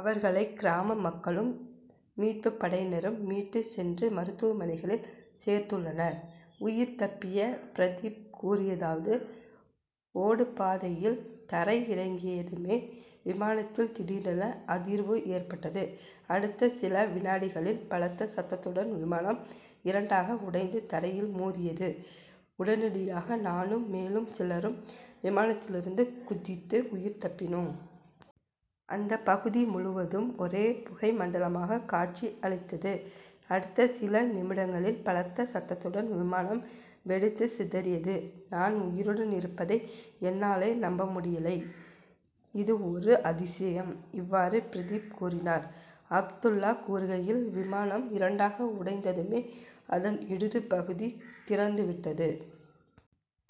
அவர்களை கிராம மக்களும் மீட்பு படையினரும் மீட்டுச் சென்று மருத்துவமனைகளில் சேர்த்துள்ளனர். உயிர் தப்பிய பிரதிப் கூறியதாவது ஓடுபாதையில் தரை இறங்கியதுமே விமானத்தில் திடீரென அதிர்வு ஏற்பட்டது. அடுத்த சில வினாடிகளில் பலத்த சத்தத்துடன் விமானம் இரண்டாக உடைந்து தரையில் மோதியது. உடனடியாக நானும் மேலும் சிலரும் விமானத்திலிருந்து குதித்து உயிர் தப்பினோம். அந்த பகுதி முழுவதும் ஒரே புகை மண்டலமாக காட்சி அளித்தது. அடுத்த சில நிமிடங்களில் பலத்த சத்தத்துடன் விமானம் வெடித்து சிதறியது. நான் உயிருடன் இருப்பதை என்னாலே நம்ப முடியவில்லை. இது ஒரு அதிசயம். இவ்வாறு பிரதிப் கூறினார். அப்துல்லா கூறுகையில் விமானம் இரண்டாக உடைந்ததுமே அதன் இடது பகுதி திறந்து விட்டது.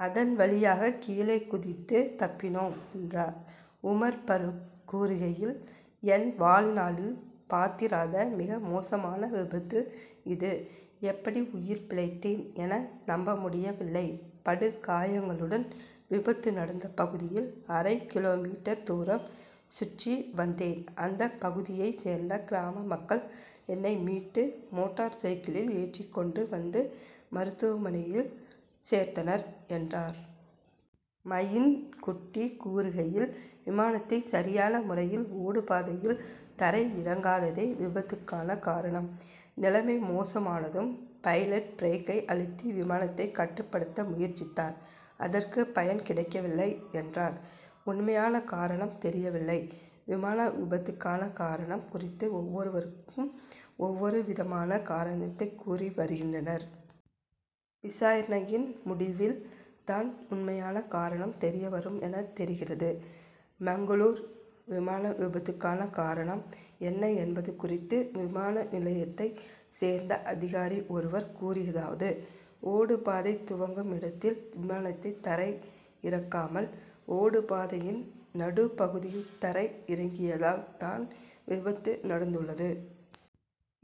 அதன் வழியாக கீழே குதித்து தப்பினோம் என்றார். உமர் பரூக் கூறுகையில் என் வாழ்நாளில் பார்த்திராத மிக மோசமான விபத்து இது. எப்படி உயிர் பிழைத்தேன் என நம்ப முடியவில்லை. படுகாயங்களுடன் விபத்து நடந்த பகுதியில் அரை கிலோமீட்டர் தூரம் சுற்றி வந்தேன். அந்த பகுதியை சேர்ந்த கிராம மக்கள் என்னை மீட்டு மோட்டார் சைக்கிளில் ஏற்றி கொண்டு வந்து மருத்துவமனையில் சேர்த்தனர் என்றார். மயின் குட்டி கூறுகையில் விமானத்தை சரியான முறையில் ஓடுபாதையில் தரை இறக்காததே விபத்துக்கான காரணம். நிலைமை மோசமானதும் பைலட் பிரேக்கை அழுத்தி விமானத்தை கட்டுப்படுத்த முயற்சித்தார். அதற்கு பயன் கிடைக்கவில்லை என்றார். உண்மையான காரணம் தெரியவில்லை. விமான விபத்துக்கான காரணம் குறித்து ஒவ்வொருவரும் ஒவ்வொரு விதமான காரணத்தை கூறி வருகின்றனர். விசாரணையின் முடிவில் தான் உண்மையான காரணம் தெரிய வரும் என தெரிகிறது. மங்களூரு விமான விபத்துக்கான காரணம் என்ன என்பது குறித்து விமான நிலையத்தைச் சேர்ந்த அதிகாரி ஒருவர் கூறியதாவது ஓடுபாதை துவங்கும் இடத்தில் விமானத்தை தரை இறக்காமல் ஓடுபாதையின் நடுப் பகுதியில் தரை இறக்கியதால் தான் விபத்து நடந்துள்ளது.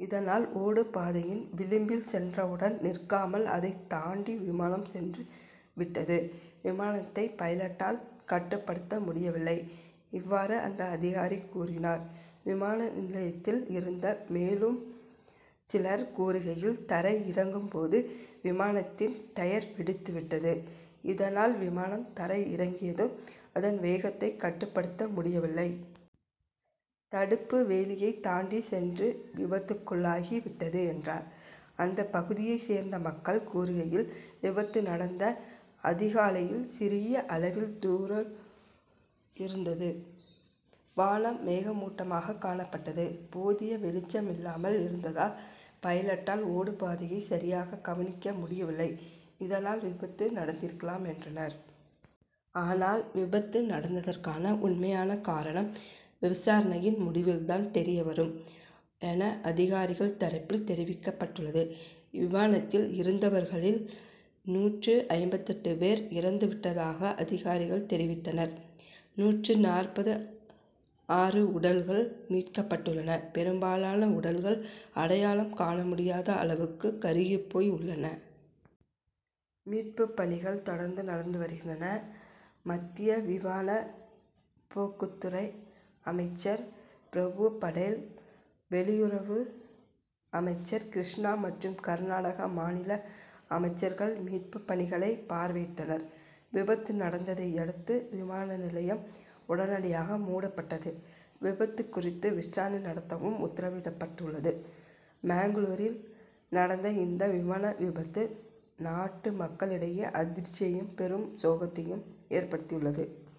இதனால் ஓடுபாதையின் விளிம்பில் சென்றவுடன் நிற்காமல் அதைத் தாண்டி விமானம் சென்று விட்டது. விமானத்தை பைலட்டால் கட்டுப்படுத்த முடியவில்லை. இவ்வாறு அந்த அதிகாரி கூறினார். விமான நிலையத்தில் இருந்த மேலும் சிலர் கூறுகையில் தரை இறக்கும் போது விமானத்தின் டயர் வெடித்து விட்டது. இதனால் விமானம் தரை இறங்கியதும் அதன் வேகத்தை கட்டுப்படுத்த முடியவில்லை. தடுப்பு வேலியை தாண்டிச் சென்று விபத்துக்குள்ளாகி விட்டது என்றார். அந்த பகுதியைச் சேர்ந்த மக்கள் கூறுகையில் விபத்து நடந்த அதிகாலையில் சிறிய அளவில் தூறல் இருந்தது. வானம் மேகமூட்டமாக காணப்பட்டது. போதிய வெளிச்சம் இல்லாமல் இருந்ததால் பைலட்டால் ஓடுபாதையை சரியாக கணிக்க முடியவில்லை. இதனால் விபத்து நடந்திருக்கலாம் என்றனர். ஆனால் விபத்து நடந்ததற்கான உண்மையான காரணம் விசாரணையின் முடிவில் தான் தெரிய வரும் என அதிகாரிகள் தரப்பில் தெரிவிக்கப்பட்டுள்ளது. விமானத்தில் இருந்தவர்களில் நூற்று ஐம்பத்து எட்டு பேர் இறந்துவிட்டதாக அதிகாரிகள் தெரிவித்தனர். நூற்று நாற்பத்து ஆறு உடல்கள் மீட்கப்பட்டுள்ளன. பெரும்பாலான உடல்கள் அடையாளம் காண முடியாத அளவுக்கு கருகிப் போய் உள்ளன. மீட்புப் பணிகள் தொடர்ந்து நடந்து வருகின்றன. மத்திய விமான போக்குவரத்துத்துறை அமைச்சர் பிரபுல் படேல் வெளியுறவு அமைச்சர் கிருஷ்ணா மற்றும் கர்நாடக மாநில அமைச்சர்கள் மீட்புப் பணிகளை பார்வையிட்டனர். விபத்து நடந்ததையடுத்து விமான நிலையம் உடனடியாக மூடப்பட்டது. விபத்து குறித்து விசாரணை நடத்தவும் உத்தரவிடப்பட்டுள்ளது. மங்களூருவில் நடந்த இந்த விமான விபத்து நாட்டு மக்களிடையே அதிர்ச்சியையும் பெரும் சோகத்தையும் ஏற்படுத்தியுள்ளது.